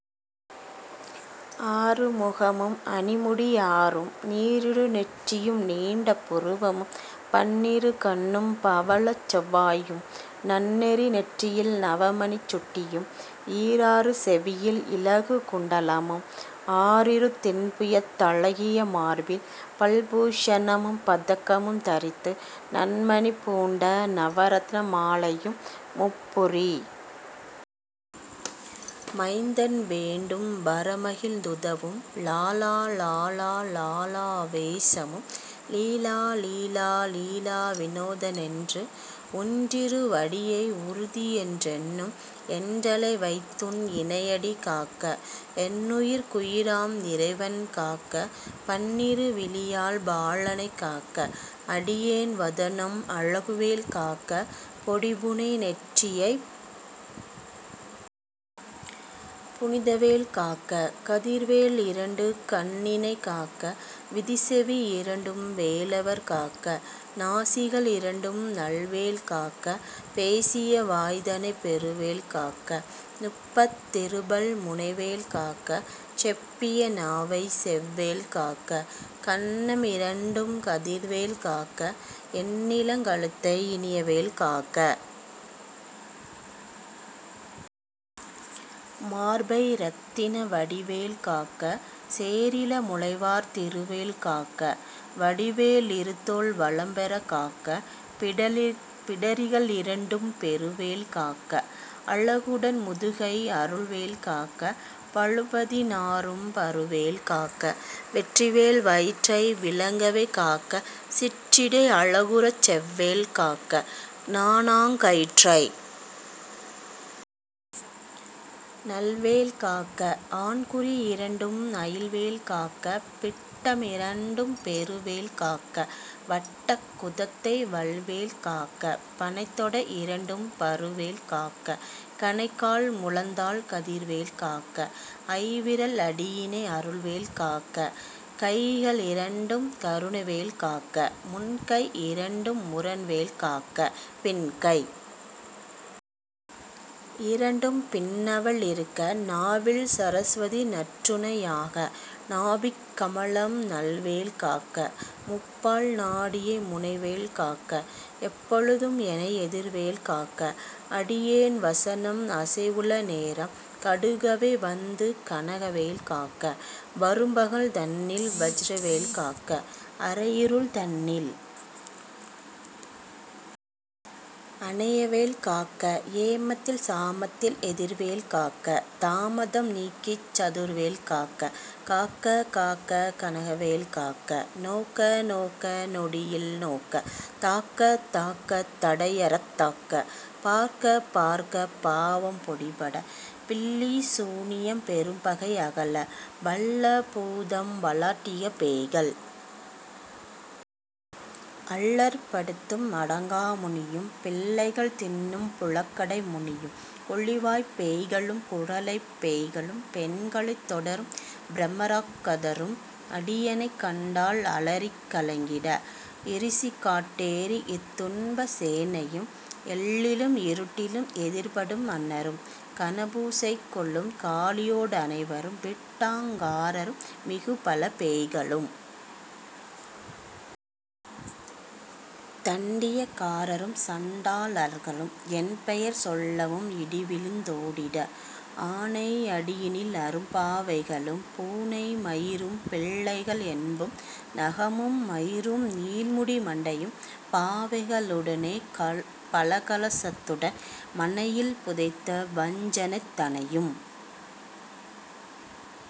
ஆறு முகமும் அணிமுடி ஆறும் நீறிடு நெற்றியும் நீண்ட புருவமும் பண்ணிரு கண்ணும் பவளச் செவ்வாயும் நன்னெறி நெற்றியில் நவமணிச் சுட்டியும் ஈராறு செவியில் இலகுகுண் டலமும் ஆறிரு திண்புயத் தழகிய மார்பில் பல்பூ ஷணமும் பதக்கமும் தரித்து நன்மணி பூண்ட நவரத்ன மாலையும் முப்புரி மைந்தன் வேண்டும் வரமகிழ்ந் துதவும் லாலா லாலா லாலா வேசமும் லீலா லீலா லீலாவிநோத னென்று உன்றிருவடியை உறுதியென் றெண்ணும் என்றலை வைத்துன் இணையடி காக்க என்னுயிர்க் குயிராம் இறைவன் காக்க பன்னிரு விழியால் பாலனைக் காக்க அடியேன் வதனம் அழகுவேல் காக்க பொடிபுனை நெற்றியைப் புனிதவேல் காக்க கதிர்வேல் இரண்டு கண்ணினைக்காக்க விதிசெவி இரண்டும் வேலவர் காக்க நாசிக ளிரண்டும் நல்வேல் காக்க பேசிய வாய்தனைப் பெருவேல் காக்க முப்பத் திருபல் முனைவேல் காக்க செப்பிய நாவை செவ்வேல் காக்க கன்ன மிரண்டும் கதிர்வேல் காக்க என்னிளங் கழுத்தை இனியவேல் காக்க மார்பை இரத்தின வடிவேல் காக்க சேரிள முலைமார் திருவேல் காக்க வடிவே லிருதோள் வளம்பெறக் காக்க பிடரிக ளிரண்டும் பெருவேல் காக்க அழகுடன் முதுகை அருள்வேல் காக்க பழுபதி னாறும் பருவேல் காக்க வெற்றிவேல் வயிற்றை விளங்கவே காக்க சிற்றிடை அழகுறச் செவ்வேல் காக்க நாணாங்கயிற்றை நல்வேல் காக்க ஆண்குறியிரண்டும் அயில்வேல் காக்க பிட்டமிரண்டும் பெருவேல் காக்க வட்டக் குதத்தை வல்வேல் காக்க பணைத்தொடை இரண்டும் பருவேல் காக்க கணைக்கால் முழந்தாள் கதிர்வேல் காக்க ஐவிரல் அடியினை அருள்வேல் காக்க கைக ளிரண்டும் கருணைவேல் காக்க முன்கை யிரண்டும் முரண்வேல் காக்க பின்கை யிரண்டும் பின்னவள் இருக்க நாவில் சரஸ்வதி நற்றுணை யாக நாபிக் கமலம் நல்வேல் காக்க முப்பால் நாடியை முனைவேல் காக்க எப்பொழுதும் எனை எதிர்வேல் காக்க அடியேன் வசனம் அசைவுள நேரம் கடுகவே வந்து கனகவேல் காக்க வரும்பகல் தன்னில் வச்சிரவேல் காக்க அரையிருள் தன்னில் அனையவேல் காக்க ஏமத்தில் சாமத்தில் எதிர்வேல் காக்க தாமதம் நீக்கிச் சதுர்வேல் காக்க காக்க காக்க கனகவேல் காக்க நோக்க நோக்க நொடியில் நோக்க தாக்க தாக்க தடையறத் தாக்க பார்க்க பார்க்க பாவம் பொடிபட பில்லி சூனியம் பெரும்பகை அகல வல்ல பூதம் வலாட்டிகப்பேய்கள் அல்லற்படுத்தும் அடங்காமுனியும் பிள்ளைகள் தின்னும் புழக்கடைமுனியும் கொள்ளிவாய்ப் பேய்களும் குறளைப் பேய்களும் பெண்களைத் தொடரும் பிரமராக் கருதரும் அடியனைக் கண்டால் அலறிக் கலங்கிட இரிசிகாட் டேரி இத்துன்ப சேனையும் எல்லிலும் இருட்டிலும் எதிர்ப்படும் அண்ணரும் கனபூசை கொள்ளும் காளியோ டனைவரும் விட்டாங் காரரும் மிகுபல பேய்களும் தண்டியக்காரரும் சண்டா ளர்களும் என் பெயர் சொல்லவும் இடிவிழுந் தோடிட ஆனை அடியினில் அரும்பா வைகளும் பூனை மயிரும் பிள்ளைகள் என்பும் நகமும் மயிரும் நீள்முடி மண்டையும் பாவைக ளுடனே பலகலசத்துடன் மனையிற் புதைத்த வஞ்சனை தனையும்